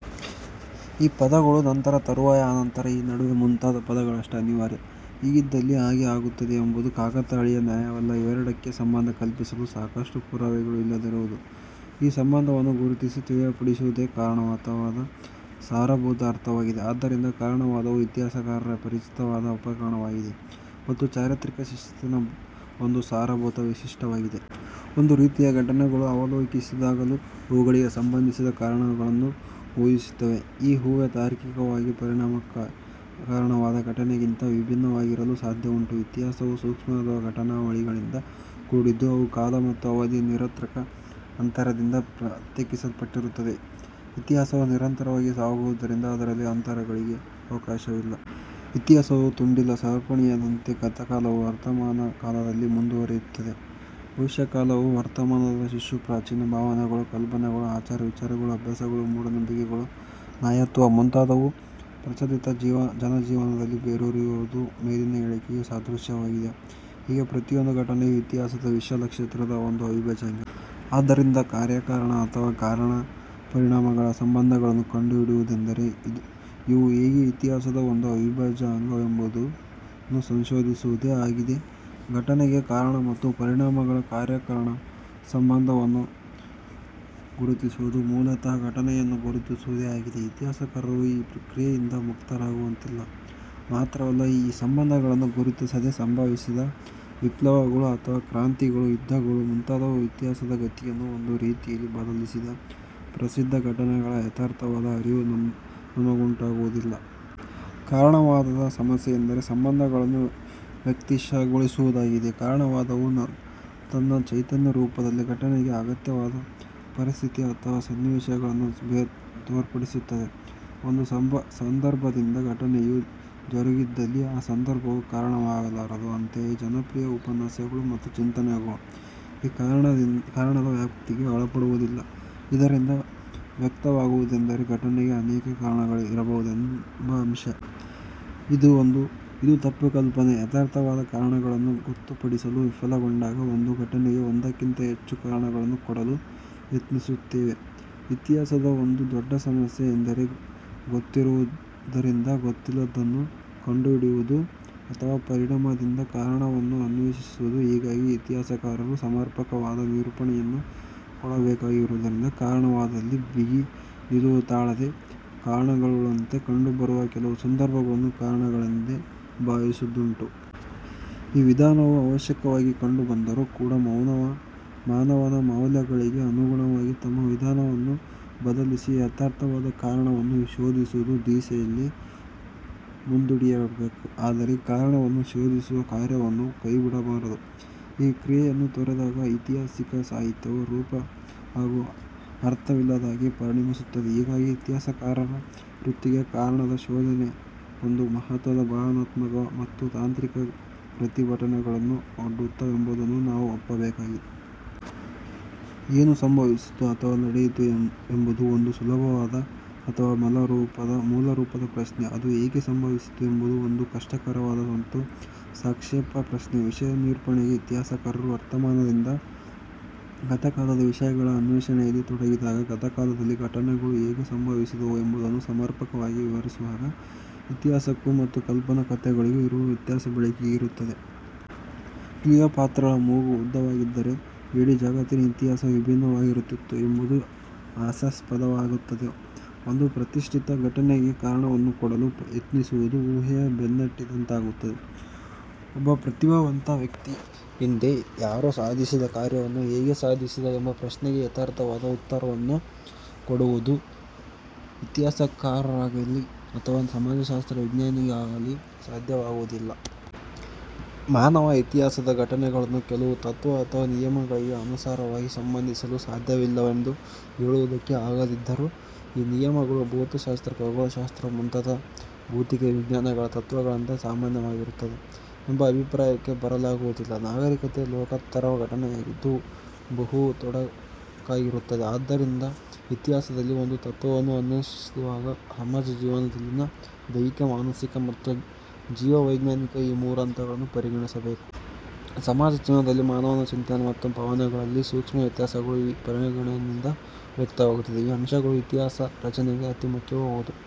ಈ ಪದಗಳು ನಂತರ, ತರುವಾಯ, ಅನಂತರ, ಈ ನಡುವೆ, ಮುಂತಾದ ಪದಗಳಷ್ಟೇ ಅನಿವಾರ್ಯ. ಹೀಗಿದ್ದಲ್ಲಿ ಹಾಗೆ ಆಗುತ್ತದೆ ಎಂಬುದು ಕಾಕತಾಳೀಯ ನ್ಯಾಯವಲ್ಲ. ಇವೆರಡಕ್ಕೆ ಸಂಬಂಧ ಕಲ್ಪಿಸಲು ಸಾಕಷ್ಟು ಪುರಾವೆಗಳು ಇಲ್ಲದಿರಬಹುದು. ಈ ಸಂಬಂಧವನ್ನು ಗುರುತಿಸಿ ತಿಳಿಯಪಡಿಸುವುದೇ ಕಾರಣತಾವಾದದ ಸಾರಭೂತ ಅರ್ಥವಾಗಿದೆ. ಆದ್ದರಿಂದ ಕಾರಣವಾದವು ಇತಿಹಾಸಕಾರರ ಪರಿಚಿತವಾದ ಉಪಕರಣವಾಗಿದೆ ಮತ್ತು ಚಾರಿತ್ರಿಕ ಶಿಸ್ತಿನ ಒಂದು ಸಾರಭೂತ ವೈಶಿಷ್ಟ್ಯವಾಗಿದೆ. ಒಂದು ರೀತಿಯ ಘಟನೆಗಳನ್ನು ಅವಲೋಕಿಸಿದಾಗಲೂ ಅವುಗಳಿಗೆ ಸಂಬಂಧಿಸಿದ ಕಾರಣಗಳನ್ನು ಊಹಿಸುತ್ತೇವೆ. ಈ ಊಹೆ ತಾರ್ಕಿಕವಾಗಿ ಪರಿಣಾಮಕ್ಕೆ ಕಾರಣವಾದ ಘಟನೆಗಿಂತ ವಿಭಿನ್ನವಾಗಿರಲು ಸಾಧ್ಯವುಂಟು. ಇತಿಹಾಸವು ಸೂಕ್ಷ್ಮವಾದ ಘಟನಾವಳಿಗಳಿಂದ ಕೂಡಿದ್ದು, ಅವು ಕಾಲ ಮತ್ತು ಅವಧಿಯ ನಿರರ್ಥಕ ಅಂತರದಿಂದ ಪ್ರತ್ಯೇಕಿಸಲ್ಪಟ್ಟಿರುತ್ತವೆ. ಇತಿಹಾಸವು ನಿರಂತರವಾಗಿ ಸಾಗುವುದರಿಂದ ಅದರಲ್ಲಿ ಅಂತರಗಳಿಗೆ ಅವಕಾಶವಿಲ್ಲ. ಇತಿಹಾಸವು ತುಂಡಿಲ್ಲದ ಸರಪಣಿಯಿದ್ದಂತೆ. ಗತಕಾಲವು ವರ್ತಮಾನ ಕಾಲದಲ್ಲಿ ಮುಂದುವರಿಯುತ್ತದೆ. ಭವಿಷ್ಯಕಾಲವು ವರ್ತಮಾನದ ಶಿಶು. ಪ್ರಾಚೀನ ಭಾವನೆಗಳು, ಕಲ್ಪನೆಗಳು, ಆಚಾರ ವಿಚಾರಗಳು, ಅಭ್ಯಾಸಗಳು, ಮೂಢನಂಬಿಕೆಗಳು, ನಾಯತ್ವ ಮುಂತಾದುವು ಪ್ರಚಲಿತ ಜನಜೀವನದಲ್ಲಿ ಬೇರೂರಿರುವುದು ಮೇಲಿನ ಹೇಳಿಕೆಗೆ ಸಾದೃಶ್ಯವಾಗಿದೆ. ಹೀಗೆ ಪ್ರತಿಯೊಂದು ಘಟನೆಯೂ ಇತಿಹಾಸದ ವಿಶಾಲ ಕ್ಷೇತ್ರದ ಒಂದು ಅವಿಭಾಜ್ಯ ಅಂಗ. ಆದ್ದರಿಂದ ಕಾರ್ಯ ಕಾರಣ ಅಥವಾ ಕಾರಣ ಪರಿಣಾಮಗಳ ಸಂಬಂಧಗಳನ್ನು ಕಂಡುಹಿಡಿಯುವುದೆಂದರೆ ಇವು ಹೇಗೆ ಇತಿಹಾಸದ ಒಂದು ಅವಿಭಾಜ್ಯ ಅಂಗವೆಂಬುದನ್ನು ಸಂಶೋಧಿಸುವುದೇ ಆಗಿದೆ. ಘಟನೆಗೆ ಕಾರಣ ಮತ್ತು ಪರಿಣಾಮಗಳ ಕಾರ್ಯಕಾರಣ ಸಂಬಂಧವನ್ನು ಗುರುತಿಸುವುದು ಮೂಲತಃ ಘಟನೆಯನ್ನು ಗುರುತಿಸುವುದೇ ಆಗಿದೆ. ಇತಿಹಾಸಕಾರರು ಈ ಕ್ರಿಯೆಯಿಂದ ಮುಕ್ತರಾಗುವಂತಿಲ್ಲ. ಮಾತ್ರವಲ್ಲ, ಈ ಸಂಬಂಧಗಳನ್ನು ಗುರುತಿಸದೆ ಸಂಭವಿಸಿದ ವಿಪ್ಲವಗಳು ಅಥವಾ ಕ್ರಾಂತಿಗಳು, ಯುದ್ಧಗಳು ಮುಂತಾದುವು ಇತಿಹಾಸದ ಗತಿಯನ್ನು ಒಂದು ರೀತಿಯಲ್ಲಿ ಬದಲಿಸಿದ ಪ್ರಸಿದ್ಧ ಘಟನೆಗಳ ಯಥಾರ್ಥವಾದ ಅರಿವು ನಮಗುಂಟಾಗುವುದಿಲ್ಲ. ಕಾರಣವಾದದ ಸಮಸ್ಯೆಯೆಂದರೆ ಸಂಬಂಧಗಳನ್ನು ವ್ಯಕ್ತಿಶಃಗೊಳಿಸುವುದಾಗಿದೆ. ಕಾರಣವಾದವು ತನ್ನ ಚೈತನ್ಯರೂಪದಲ್ಲಿ ಘಟನೆಗೆ ಅಗತ್ಯವಾದ ಪರಿಸ್ಥಿತಿ ಅಥವಾ ಸನ್ನಿವೇಶಗಳನ್ನು ತೋರ್ಪಡಿಸುತ್ತದೆ. ಒಂದು ಸಂದರ್ಭದಿಂದ ಘಟನೆಯು ಜರುಗಿದ್ದಲ್ಲಿ, ಆ ಸಂದರ್ಭವು ಕಾರಣವಾಗಲಾರದು. ಅಂತೆಯೇ, ಜನಪ್ರಿಯ ಉಪನ್ಯಾಸಗಳು ಮತ್ತು ಚಿಂತನೆಗಳು ಈ ಕಾರಣದ ವ್ಯಾಪ್ತಿಗೆ ಒಳಪಡುವುದಿಲ್ಲ. ಇದರಿಂದ ವ್ಯಕ್ತವಾಗುವುದೆಂದರೆ ಘಟನೆಗೆ ಅನೇಕ ಕಾರಣಗಳಿರಬಹುದೆಂಬ ಅಂಶ. ಇದು ಒಂದು ತಪ್ಪು ಕಲ್ಪನೆ, ಯಥಾರ್ಥವಾದ ಕಾರಣಗಳನ್ನು ಗೊತ್ತುಪಡಿಸಲು ವಿಫಲಗೊಂಡಾಗ ಒಂದು ಘಟನೆಗೆ ಒಂದಕ್ಕಿಂತ ಹೆಚ್ಚು ಕಾರಣಗಳನ್ನು ಕೊಡಲು ಯತ್ನಿಸುತ್ತೇವೆ. ಇತಿಹಾಸದ ಒಂದು ದೊಡ್ಡ ಸಮಸ್ಯೆ ಎಂದರೆ ಗೊತ್ತಿರುವುದರಿಂದ ಗೊತ್ತಿಲ್ಲದ್ದನ್ನು ಕಂಡುಹಿಡಿಯುವುದು ಅಥವ ಪರಿಣಾಮದಿಂದ ಕಾರಣವನ್ನು ಅನ್ವೇಷಿಸುವುದ. ಹೀಗಾಗಿ ಇತಿಹಾಸಕಾರರು ಸಮರ್ಪಕವಾದ ನಿರೂಪಣೆಯನ್ನು ಕೊಡಬೇಕಾಗಿರುವುದರಿಂದ ಕಾರಣವಾದದಲ್ಲಿ ಬಿಗಿ ನಿಲುವು ತಾಳದೆ ಕಾರಣಗಳುಳ್ಳಂತೆ ಕಂಡುಬರುವ ಕೆಲವು ಸಂದರ್ಭಗಳನ್ನು ಕಾರಣಗಳೆಂದೇ ಭಾವಿಸುವುದುಂಟು. ಈ ವಿಧಾನವು ಅವಶ್ಯಕವಾಗಿ ಕಂಡುಬಂದರೂ ಕೂಡ ಮೌನವಾ ಮಾನವನ ಮೌಲ್ಯಗಳಿಗೆ ಅನುಗುಣವಾಗಿ ತಮ್ಮ ವಿಧಾನವನ್ನು ಬದಲಿಸಿ ಯಥಾರ್ಥವಾದ ಕಾರಣವನ್ನು ಶೋಧಿಸುವ ದಿಸೆಯಲ್ಲಿ ಮುಂದಡಿಯಿಡಬೇಕು. ಆದರೆ ಕಾರಣವನ್ನು ಶೋಧಿಸುವ ಕಾರ್ಯವನ್ನು ಕೈಬಿಡಬಾರದು. ಈ ಕ್ರಿಯೆಯನ್ನು ತೊರೆದಾಗ ಐತಿಹಾಸಿಕ ಸಾಹಿತ್ಯವು ರೂಪ ಹಾಗೂ ಅರ್ಥವಿಲ್ಲದ್ದಾಗಿ ಪರಿಣಮಿಸುತ್ತದೆ. ಹೀಗಾಗಿ, ಇತಿಹಾಸಕಾರರ ವೃತ್ತಿಗೆ ಕಾರಣದ ಶೋಧನೆ ಒಂದು ಮಹತ್ವದ ಭಾವನಾತ್ಮಕ ಮತ್ತು ತಾಂತ್ರಿಕ ಪ್ರತಿಭಟನೆಗಳನ್ನು ಒಡ್ಡುತ್ತವೆಂಬುದನ್ನು ನಾವು ಒಪ್ಪಬೇಕಾಗಿದೆ. ಏನು ಸಂಭವಿಸಿತು ಅಥವಾ ನಡೆಯಿತು ಎಂಬುದು ಒಂದು ಸುಲಭವಾದ ಅಥವಾ ಮೌಲ ಮೂಲರೂಪದ ಪ್ರಶ್ನೆ. ಅದು ಏಕೆ ಸಂಭವಿಸಿತು ಎಂಬುದು ಒಂದು ಕಷ್ಟಕರವಾದ ಮತ್ತು ಸಾಕ್ಷೇಪ ಪ್ರಶ್ನೆ. ವಿಷಯ ನಿರೂಪಣೆಗೆ ಇತಿಹಾಸಕಾರರು ವರ್ತಮಾನದಿಂದ ಗತಕಾಲದ ವಿಷಯಗಳ ಅನ್ವೇಷಣೆಯಲ್ಲಿ ತೊಡಗಿದಾಗ, ಗತಕಾಲದಲ್ಲಿ ಘಟನೆಗಳು ಹೇಗೆ ಸಂಭವಿಸಿದವು ಎಂಬುದನ್ನು ಸಮರ್ಪಕವಾಗಿ ವಿವರಿಸುವಾಗ ಇತಿಹಾಸಕ್ಕೂ ಮತ್ತು ಕಲ್ಪನಾ ಕಥೆಗಳಿಗೂ ಇರುವ ವ್ಯತ್ಯಾಸ ಬೆಳಕಿಗೆ ಬರುತ್ತದೆ. ಕ್ಲೀಯೋಪಾತ್ರಾಳ ಮೂಗು ಉದ್ದವಾಗಿದ್ದರೆ ಇಡೀ ಜಗತ್ತಿನ ಇತಿಹಾಸ ವಿಭಿನ್ನವಾಗಿರುತ್ತಿತ್ತು ಎಂಬುದು ಹಾಸ್ಯಾಸ್ಪದವಾಗುತ್ತದೆ. ಒಂದು ಪ್ರತಿಷ್ಠಿತ ಘಟನೆಗೆ ಕಾರಣವನ್ನು ಕೊಡಲು ಯತ್ನಿಸುವುದು ಊಹೆಯ ಬೆನ್ನಟ್ಟಿದಂತಾಗುತ್ತದೆ. ಒಬ್ಬ ಪ್ರತಿಭಾವಂತ ವ್ಯಕ್ತಿ ಹಿಂದೆ ಯಾರೋ ಸಾಧಿಸಿದ ಕಾರ್ಯವನ್ನು ಹೇಗೆ ಸಾಧಿಸಿದ ಎಂಬ ಪ್ರಶ್ನೆಗೆ ಯಥಾರ್ಥವಾದ ಉತ್ತರವನ್ನು ಕೊಡುವುದು ಇತಿಹಾಸಕಾರರಿಗಾಗಲಿ ಅಥವ ಸಮಾಜಶಾಸ್ತ್ರ ವಿಜ್ಞಾನಿಗಾಗಲಿ ಸಾಧ್ಯವಾಗುವುದಿಲ್ಲ. ಮಾನವ ಇತಿಹಾಸದ ಘಟನೆಗಳನ್ನು ಕೆಲವು ತತ್ವ ಅಥವಾ ನಿಯಮಗಳಿಗೆ ಅನುಸಾರವಾಗಿ ಸಂಬಂಧಿಸಲು ಸಾಧ್ಯವಿಲ್ಲವೆಂದು ಹೇಳುವುದಕ್ಕೆ ಆಗದಿದ್ದರೂ, ಈ ನಿಯಮಗಳು ಭೌತಶಾಸ್ತ್ರ, ಖಗೋಳಶಾಸ್ತ್ರ ಮುಂತಾದ ಭೌತಿಕ ವಿಜ್ಞಾನಗಳ ತತ್ವಗಳಂತೆ ಸಾಮಾನ್ಯವಾಗಿರುತ್ತವೆ ಎಂಬ ಅಭಿಪ್ರಾಯಕ್ಕೆ ಬರಲಾಗುವುದಿಲ್ಲ. ನಾಗರಿಕತೆ ಲೋಕೋತ್ತರ ಘಟನೆಯಾಗಿದ್ದು ಬಹು ತೊಡಕಾಗಿರುತ್ತದೆ. ಆದ್ದರಿಂದ ಇತಿಹಾಸದಲ್ಲಿ ಒಂದು ತತ್ವವನ್ನು ಅನ್ವೇಷಿಸುವಾಗ ಸಮಾಜ ಜೀವನದಲ್ಲಿನ ದೈಹಿಕ, ಮಾನಸಿಕ ಮತ್ತು ಜೀವ ವೈಜ್ಞಾನಿಕ ಈ ಮೂರು ಹಂತಗಳನ್ನೂ ಪರಿಗಣಿಸಬೇಕು. ಸಮಾಜ ಜೀವನದಲ್ಲಿ ಮಾನವನ ಚಿಂತನೆ ಮತ್ತು ಭಾವನೆಗಳಲ್ಲಿ ಸೂಕ್ಷ್ಮ ವ್ಯತ್ಯಾಸಗಳು ಈ ಪರಿಗಣನೆಯಿಂದ ವ್ಯಕ್ತವಾಗುತ್ತವೆ. ಈ ಅಂಶಗಳು ಇತಿಹಾಸ ರಚನೆಗೆ ಅತಿ ಮುಖ್ಯವೂ ಹೌದು.